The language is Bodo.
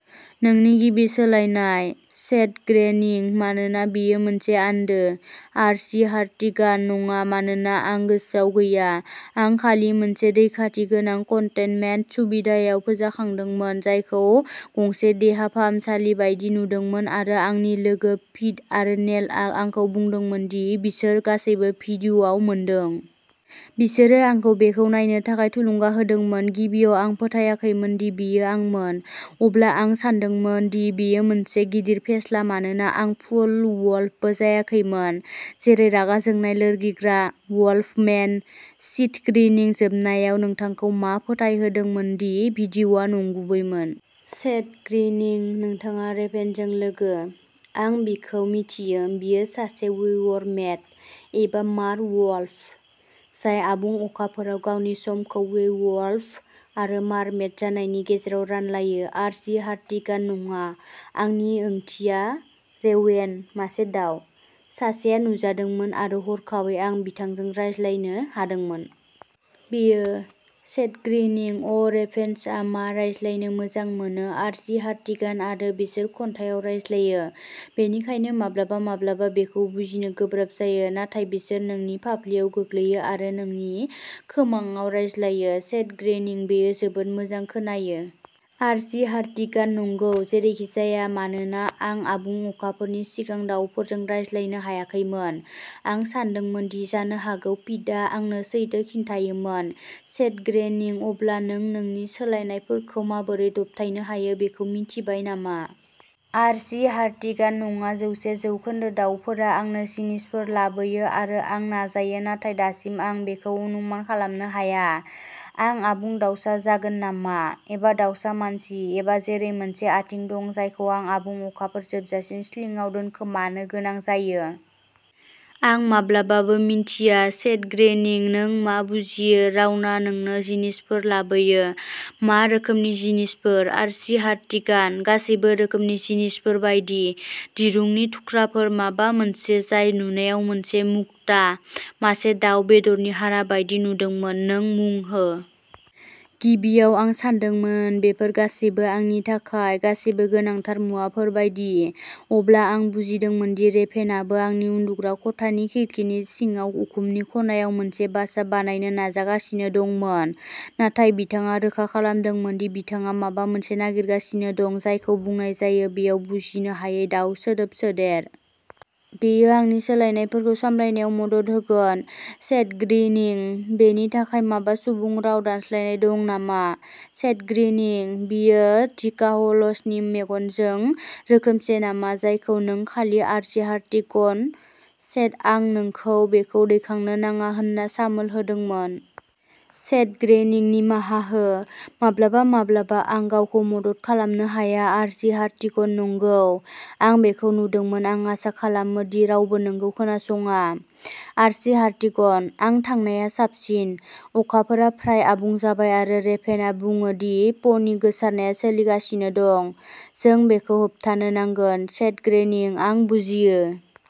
नोंनि गिबि सोलायनाय? सेथ ग्रिनिंः मानोना बेयो मोनसे आन्दो? आर्ची हार्टिगानः नङा, मानोना आं गोसोआव गैया। आं खालि मोनसे रैखाथि गोनां कन्टेइनमेन्ट सुबिदायाव फोजाखांदोंमोन, जायखौ गंसे देहा फाहामसालि बायदि नुदोंमोन आरो आंनि लोगो पिट आरो नेलआ आंखौ बुंदोंमोन दि बिसोर गासैबो भिडिअ'आव मोनदों। बिसोरो आंखौ बेखौ नायनो थाखाय थुलुंगा होदोंमोन। गिबियाव आं फोथायाखैमोन दि बेयो आंमोन। अब्ला आं सानदोंमोन दि बेयो मोनसे गिदिर फेस्ला मानोना आं फुल वुल्फबो जायाखैमोन, जेरै रागा जोंनाय, लोरगिग्रा वुल्फ-मेन। सेथ ग्रिनिंः जोबनायाव नोंथांखौ मा फोथायहोदोंमोन दि भिडिअ'आ नंगुबैमोन? सेथ ग्रिनिंः नोंथाङा रेभेनजों लोगो? आं बिखौ मिथियो! बियो सासे वेयर-मेड? एबा मार-वुल्फ जाय आबुं अखाफोराव गावनि समखौ वेयरवुल्फ आरो मार्मेड जानायनि गेजेराव रानलायो? आर्ची हार्टिगानः नङा, आंनि ओंथिया रेवेन, मासे दाउ। सासेआ नुजादोंमोन आरो हरखाबै आं बिथांजों रायज्लायनो हादोंमोन। बेयो। सेथ ग्रिनिंः अ रेभेन्सआ मा रायज्लायनो मोजां मोनो? आर्ची हार्टिगानः बिसोर खन्थाइआव रायज्लायो, बेनिखायनो माब्लाबा माब्लाबा बेखौ बुजिनो गोब्राब जायो। नाथाय बिसोरो नोंनि फाफ्लिआव गोग्लैयो आरो नोंनि खोमाङाव रायज्लायो। सेथ ग्रीनिंः बेयो जोबोद मोजां खोनायो। आर्ची हार्टिगानः नंगौ। जेरैखिजाया, मानोना आं आबुं अखाफोरनि सिगां दाउफोरजों रायज्लायनो हायाखैमोन, आं सानदोंमोन दि जानो हागौ पिटआ आंनो सैथो खिन्थायोमोन। सेथ ग्रीनिंः अब्ला नों नोंनि सोलायनायफोरखौ माबोरै दबथायनो हायो बेखौ मिन्थिबाय नामा? आर्ची हार्टिगानः नङा जौसे जौखोन्दो, दाउफोरा आंनो जिनिसफोर लाबोयो आरो आं नाजायो नाथाय दासिम आं बेखौ अनुमान खालामनो हाया। आं आबुं दाउसा जागोन नामा? एबा दाउसा मानसि? एबा जेरै, मोनसे आथिं दं जायखौ आं आबुं अखाफोर जोबजासिम स्लिंआव दोनखोमानो गोनां जायो? आं माब्लाबाबो मिन्थिया। सेथ ग्रीनिंः नों मा बुजियो रावना नोंनो जिनिसफोर लाबोयो? मा रोखोमनि जिनिसफोर? आर्ची हार्टिगानः गासैबो रोखोमनि जिनिसफोर बायदि। दिरुंनि थुख्राफोर, माबा मोनसे जाय नुनायाव मोनसे मुक्ता, मासे दाव बेदरनि हारा बायदि नुदोंमोन, नों मुं हो। गिबियाव आं सानदोंमोन बेफोर गासैबो आंनि थाखाय, गासैबो गोनांथार मुवाफोर बायदि। अब्ला आं बुजिदोंमोन दि रेभेनआबो आंनि उन्दुग्रा खथानि खिरखिनि सिङाव उखुमनि खनायाव मोनसे बासा बानायनो नाजागासिनो दंमोन। नाथाय बिथाङा रोखा खालामदोंमोन दि बिथाङा माबा मोनसे नागिरगासिनो दं जायखौ बुंनाय जायो बेयाव बुजिनो हायै दाउ सोदोब सोदेर। बेयो आंनि सोलायनायफोरखौ सामलायनायाव मदद होगोन। सेथ ग्रीनिंः बेनि थाखाय माबा सुबुं राव दानस्लायनाय दं नामा? सेथ ग्रीनिंः बेयो घिकाह'लसनि मेगनजों रोखोमसे नामा जायखौ नों खालि... आर्ची हार्टिगनः सेथ आं नोंखौ बेखौ दैखांनो नाङा होनना सामोल होदोंमोन। सेथ ग्रीनिंः निमाहा हो। माब्लाबा माब्लाबा आं गावखौ मदद खालामनो हाया। आर्ची हार्टिगनः नंगौ। आं बेखौ नुदोंमोन। आं आसा खालामो दि रावबो नोंखौ खोनासङा। आर्ची हार्टिगनः आं थांनाया साबसिन। अखाफोरा फ्राय आबुं जाबाय आरो रेभेनआ बुङो दि प'नि गोसारनाया सोलिगासिनो दं। जों बेखौ होबथानो नांगोन। सेथ ग्रीनिंः आं बुजियो।